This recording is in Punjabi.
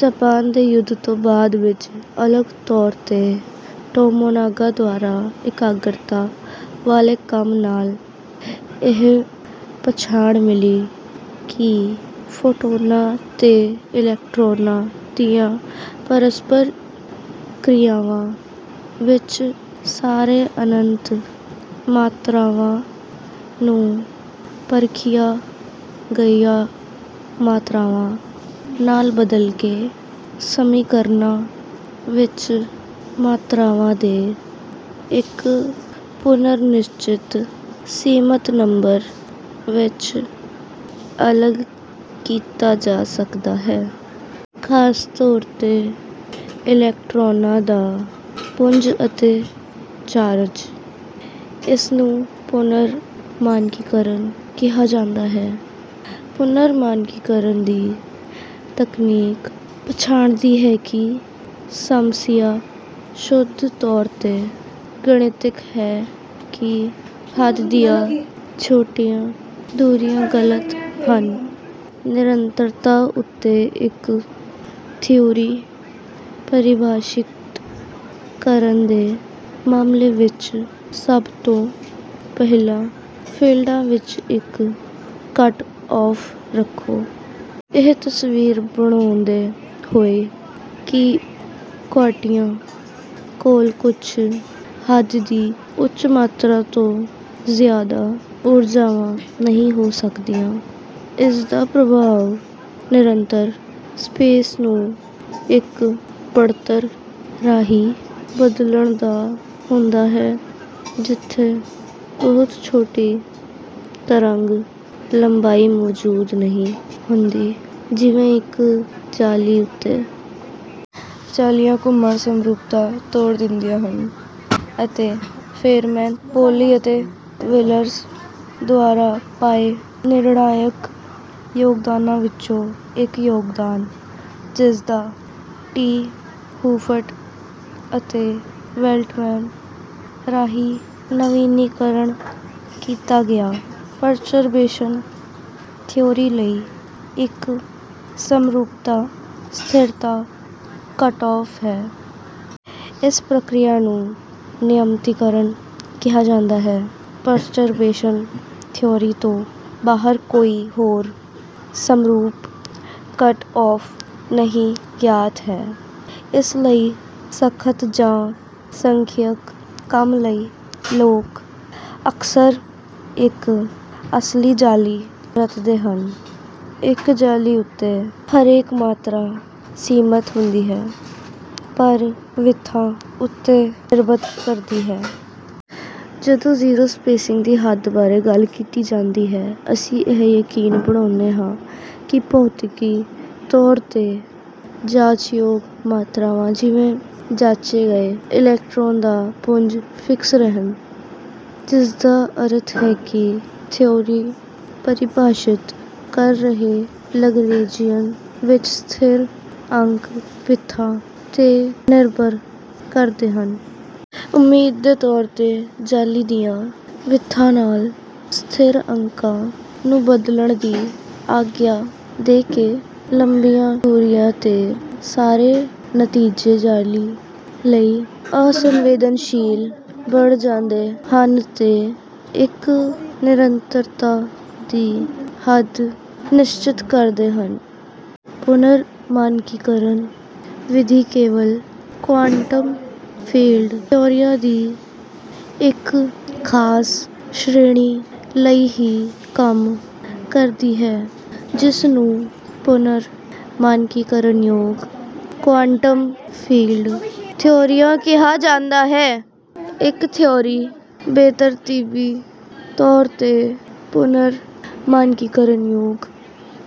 ਜਪਾਨ ਦੇ ਯੁੱਧ ਤੋਂ ਬਾਅਦ ਵਿੱਚ ਅਲੱਗ ਤੌਰ ਤੇ ਟੋਮੋਨਾਗਾ ਦੁਆਰਾ ਇਕਾਗਰਤਾ ਵਾਲੇ ਕੰਮ ਨਾਲ ਇਹ ਪਛਾਣ ਮਿਲੀ ਕਿ ਫੋਟੌਨਾਂ ਤੇ ਇਲੈਕਟ੍ਰੋਨਾਂ ਦੀਆਂ ਪਰਸਪਰ ਕ੍ਰਿਆਵਾਂ ਵਿੱਚ ਸਾਰੇ ਅਨੰਤ ਮਾਤਰਾਵਾਂ ਨੂੰ ਪਰਖੀਆਂ ਗਈਆਂ ਮਾਤਰਾਵਾਂ ਨਾਲ ਬਦਲ ਕੇ ਸਮੀਕਰਨਾਂ ਵਿੱਚ ਮਾਤਰਾਵਾਂ ਦੇ ਇੱਕ ਪੁਨਰ-ਨਿਸ਼ਚਿਤ ਸੀਮਤ ਨੰਬਰ ਵਿੱਚ ਅਲੱਗ ਕੀਤਾ ਜਾ ਸਕਦਾ ਹੈ। ਖਾਸ ਤੌਰ ਤੇ ਇਲੈਕਟ੍ਰੌਨਾਂ ਦਾ ਪੁੰਜ ਅਤੇ ਚਾਰਜ। ਇਸਨੂੰ ਪੁਨਰ-ਮਾਨਕੀਕਰਨ ਕਿਹਾ ਜਾਂਦਾ ਹੈ। ਪੁਨਰ-ਮਾਨਕੀਕਰਨ ਦੀ ਤਕਨੀਕ ਪਛਾਣਦੀ ਹੈ ਕਿ ਸਮੱਸਿਆ ਸ਼ੁੱਧ ਤੌਰ ਤੇ ਗਣਿਤਿਕ ਹੈ ਕਿ ਹੱਦ ਦੀਆਂ ਛੋਟੀਆਂ ਦੂਰੀਆਂ ਗਲਤ ਹਨ। ਨਿਰੰਤਰਤਾ ਉੱਤੇ ਇੱਕ ਥਿਊਰੀ ਪਰਿਭਾਸ਼ਿਤ ਕਰਨ ਦੇ ਮਾਮਲੇ ਵਿੱਚ ਸਭ ਤੋਂ ਪਹਿਲਾਂ ਫੀਲਡਾਂ ਵਿੱਚ ਇੱਕ ਕੱਟ-ਔਫ ਰੱਖੋ। ਇਹ ਤਸਵੀਰ ਬਣਾਉਂਦੇ ਹੋਏ ਕਿ ਕੁਆਂਟਿਆਂ ਕੋਲ ਕੁੱਝ ਹੱਦ ਦੀ ਉੱਚ ਮਾਤਰਾ ਤੋਂ ਜ਼ਿਆਦਾ ਊਰਜਾਵਾਂ ਨਹੀਂ ਹੋ ਸਕਦੀਆਂ। ਇਸਦਾ ਪ੍ਰਭਾਵ ਨਿਰੰਤਰ ਸਪੇਸ ਨੂੰ ਇੱਕ ਬਣਤਰ ਰਾਹੀਂ ਬਦਲਣ ਦਾ ਹੁੰਦਾ ਹੈ ਜਿੱਥੇ ਬਹੁਤ ਛੋਟੀ ਤਰੰਗ ਲੰਬਾਈ ਮੌਜੂਦ ਨਹੀਂ ਹੁੰਦੀ ਜਿਵੇਂ ਇੱਕ ਜਾਲੀ ਉੱਤੇ। ਜਾਲੀਆਂ ਘੁੰਮਣ ਸਮਰੂਪਤਾ ਤੋੜ ਦਿੰਦੀਆਂ ਹਨ। ਅਤੇ ਫੇਨਮੈਨ ਪੌਲੀ ਅਤੇ ਵਿੱਲਰਜ਼ ਦੁਆਰਾ ਪਾਏ ਨਿਰਣਾਇਕ ਯੋਗਦਾਨਾਂ ਵਿੱਚੋਂ ਇੱਕ ਯੋਗਦਾਨ ਜਿਸਦਾ 'ਟੀ' ਹੂਫਟ ਅਤੇ ਵੈਲੱਟਮੈਨ ਰਾਹੀਂ ਨਵੀਨੀਕਰਨ ਕੀਤਾ ਗਿਆ ਪਰਚਰਬੇਸ਼ਨ ਥਿਊਰੀ ਲਈ ਇੱਕ ਸਮਰੂਪਤਾ ਸਥਿਰਤਾ ਕੱਟ-ਔਫ ਹੈ। ਇਸ ਪ੍ਰਕ੍ਰਿਆ ਨੂੰ ਨਿਯਮਤੀਕਰਨ ਕਿਹਾ ਜਾਂਦਾ ਹੈ। ਪਰਚਰਬੇਸ਼ਨ ਥਿਊਰੀ ਤੋਂ ਬਾਹਰ ਕੋਈ ਹੋਰ ਸਮਰੂਪ ਕੱਟ-ਔਫ ਨਹੀਂ ਗਿਆਤ ਹੈ ਇਸ ਲਈ ਸਖਤ ਜਾਂ ਸੰਖਿਅਕ ਕੰਮ ਲਈ ਲੋਕ ਅਕਸਰ ਇੱਕ ਅਸਲੀ ਜਾਲੀ ਵਰਤਦੇ ਹਨ। ਇੱਕ ਜਾਲੀ ਉੱਤੇ ਹਰੇਕ ਮਾਤਰਾ ਸੀਮਤ ਹੁੰਦੀ ਹੈ ਪਰ ਵਿੱਥਾਂ ਉੱਤੇ ਨਿਰਭਰ ਕਰਦੀ ਹੈ। ਜਦੋਂ ਜ਼ੀਰੋ ਸਪੇਸਿੰਗ ਦੀ ਹੱਦ ਬਾਰੇ ਗੱਲ ਕੀਤੀ ਜਾਂਦੀ ਹੈ ਅਸੀਂ ਇਹ ਯਕੀਨੀ ਬਣਾਉਂਦੇ ਹਾਂ ਕਿ ਭੌਤਿਕੀ ਤੌਰ ਤੇ ਜਾਂਚਯੋਗ ਮਾਤਰਾਵਾਂ ਜਿਵੇਂ ਜਾਂਚੇ ਗਏ ਇਲੈਕਟ੍ਰੌਨ ਦਾ ਪੁੰਜ ਫਿਕਸ ਰਹਿਣ। ਜਿਸਦਾ ਅਰਥ ਹੈ ਕਿ ਥਿਊਰੀ ਪਰਿਭਾਸ਼ਿਤ ਕਰ ਰਹੇ ਲਗਰੇਂਜੀਅਨ ਵਿੱਚ ਸਥਿਰ ਅੰਕ ਵਿੱਥਾਂ ਤੇ ਨਿਰਭਰ ਕਰਦੇ ਹਨ। ਉਮੀਦ ਦੇ ਤੌਰ ਤੇ ਜਾਲੀ ਦੀਆਂ ਵਿੱਥਾਂ ਨਾਲ ਸਥਿਰ ਅੰਕਾਂ ਨੂੰ ਬਦਲਣ ਦੀ ਆਗਿਆ ਦੇ ਕੇ ਲੰਬੀਆਂ ਦੂਰੀਆਂ ਤੇ ਸਾਰੇ ਨਤੀਜੇ ਜਾਲੀ ਲਈ ਅਸੰਵੇਦਨਸ਼ੀਲ ਬਣ ਜਾਂਦੇ ਹਨ ਤੇ ਇੱਕ ਨਿਰੰਤਰਤਾ ਦੀ ਹੱਦ ਨਿਸ਼ਚਿਤ ਕਰਦੇ ਹਨ। ਪੁਨਰ-ਮਾਨਕੀਕਰਨ ਵਿਧੀ ਕੇਵਲ ਕੁਆਂਟਮ ਫੀਲਡ ਥਿਊਰੀਆਂ ਦੀ ਇੱਕ ਖਾਸ ਸ਼੍ਰੇਣੀ ਲਈ ਹੀ ਕੰਮ ਕਰਦੀ ਹੈ ਜਿਸ ਨੂੰ ਪੁਨਰ-ਮਾਨਕੀਕਰਨਯੋਗ ਕੁਆਂਟਮ ਫੀਲਡ ਥਿਊਰੀਆਂ ਕਿਹਾ ਜਾਂਦਾ ਹੈ। ਇੱਕ ਥਿਊਰੀ ਬੇਤਰਤੀਬੀ ਤੌਰ ਤੇ ਪੁਨਰ-ਮਾਨਕੀਕਰਨਯੋਗ